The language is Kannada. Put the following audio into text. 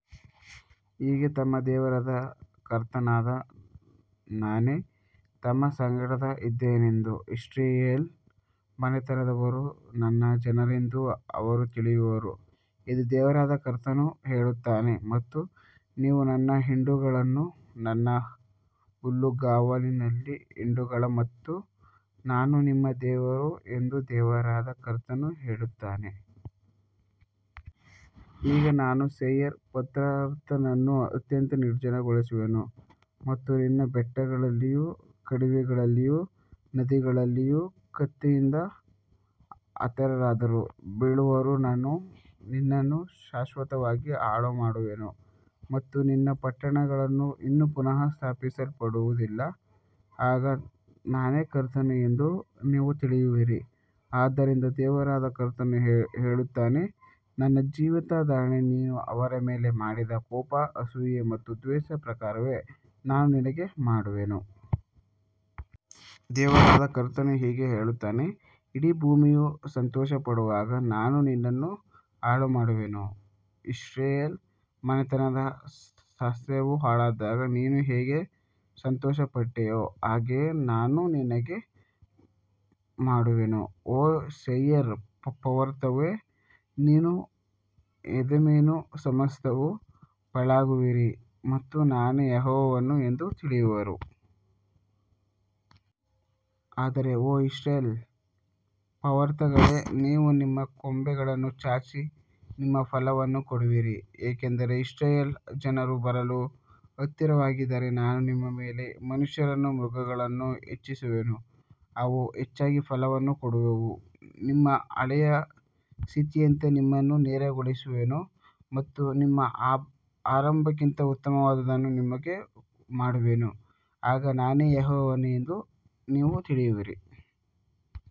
ಹೀಗೆ ತಮ್ಮ ದೇವರಾದ ಕರ್ತನಾದ ನಾನೇ ತಮ್ಮ ಸಂಗಡ ಇದ್ದೇನೆಂದೂ ಇಸ್ರಾಯೇಲ್ ಮನೆತನದವರೂ ನನ್ನ ಜನರೆಂದೂ ಅವರು ತಿಳಿಯುವರು ಎಂದು ದೇವರಾದ ಕರ್ತನು ಹೇಳುತ್ತಾನೆ. ಮತ್ತು ನೀವು ನನ್ನ ಹಿಂಡುಗಳನ್ನು, ನನ್ನ ಹುಲ್ಲುಗಾವಲಿನಲ್ಲಿ ಹಿಂಡುಗಳ ಮತ್ತು ನಾನು ನಿಮ್ಮ ದೇವರು ಎಂದು ದೇವರಾದ ಕರ್ತನು ಹೇಳುತ್ತಾನೆ. ಹೀಗೆ ನಾನು ಸೇಯಿರ್ ಪರ್ತ್ರತನನ್ನು ಅತ್ಯಂತ ನಿರ್ಜನಗೊಳಿಸುವೆನು ಮತ್ತು ನಿನ್ನ ಬೆಟ್ಟಗಳಲ್ಲಿಯೂ ಕಣಿವೆಗಳಲ್ಲಿಯೂ ನದಿಗಳಲ್ಲಿಯೂ ಕತ್ತಿಯಿಂದ ಹತರಾದವರು ಬೀಳುವರು. ನಾನು ನಿನ್ನನ್ನು ಶಾಶ್ವತವಾಗಿ ಹಾಳುಮಾಡುವೆನು ಮತ್ತು ನಿನ್ನ ಪಟ್ಟಣಗಳು ಇನ್ನು ಪುನಃ ಸ್ಥಾಪಿಸಲ್ಪಡುವುದಿಲ್ಲ, ಆಗ ನಾನೇ ಕರ್ತನು ಎಂದು ನೀವು ತಿಳಿಯುವಿರಿ. ಆದ್ದರಿಂದ ದೇವರಾದ ಕರ್ತನು ಹೇಳುತ್ತಾನೆ, ನನ್ನ ಜೀವಿತದಾಣೆ, ನೀನು ಅವರ ಮೇಲೆ ಮಾಡಿದ ಕೋಪ, ಅಸೂಯೆ ಮತ್ತು ದ್ವೇಷದ ಪ್ರಕಾರವೇ ನಾನು ನಿನಗೆ ಮಾಡುವೆನು. ದೇವರಾದ ಕರ್ತನು ಹೀಗೆ ಹೇಳುತ್ತಾನೆ, ಇಡೀ ಭೂಮಿಯು ಸಂತೋಷಪಡುವಾಗ ನಾನು ನಿನ್ನನ್ನು ಹಾಳುಮಾಡುವೆನು. ಇಸ್ರಾಯೇಲ್ ಮನೆತನದ ಸ್ವಾಸ್ತ್ಯವು ಹಾಳಾದಾಗ ನೀನು ಹೇಗೆ ಸಂತೋಷಪಟ್ಟೆಯೋ ಹಾಗೆಯೇ ನಾನು ನಿನಗೆ ಮಾಡುವೆನು. ಓ ಸೇಯಿರ್ ಪರ್ವತವೇ, ನೀನೂ ಎದೋಮಿನ ಸಮಸ್ತವೂ ಪಾಳಾಗುವಿರಿ ಮತ್ತು ನಾನೇ ಯೆಹೋವನು ಎಂದು ತಿಳಿಯುವರು. ಆದರೆ ಓ ಇಸ್ರಾಯೇಲ್ ಪರ್ವತರ್ಗಳೇ, ನೀವು ನಿಮ್ಮ ಕೊಂಬೆಗಳನ್ನು ಚಾಚಿ ನಿಮ್ಮ ಫಲವನ್ನು ಕೊಡುವಿರಿ, ಏಕೆಂದರೆ ಇಸ್ರಾಯೇಲ್ ಜನರು ಬರಲು ಹತ್ತಿರವಾಗಿದ್ದಾರೆ. ನಾನು ನಿಮ್ಮ ಮೇಲೆ ಮನುಷ್ಯರನ್ನೂ ಮೃಗಗಳನ್ನೂ ಹೆಚ್ಚಿಸುವೆನು, ಅವು ಹೆಚ್ಚಾಗಿ ಫಲವನ್ನು ಕೊಡುವವು. ನಿಮ್ಮ ಹಳೆಯ ಸ್ಥಿತಿಯಂತೆ ನಿಮ್ಮನ್ನು ನೆಲೆಗೊಳಿಸುವೆನು ಮತ್ತು ನಿಮ್ಮ ಆರಂಭಕ್ಕಿಂತ ಉತ್ತಮವಾದದ್ದನ್ನು ನಿಮಗೆ ಮಾಡುವೆನು, ಆಗ ನಾನೇ ಯೆಹೋವನು ಎಂದು ನೀವು ತಿಳಿಯುವಿರಿ.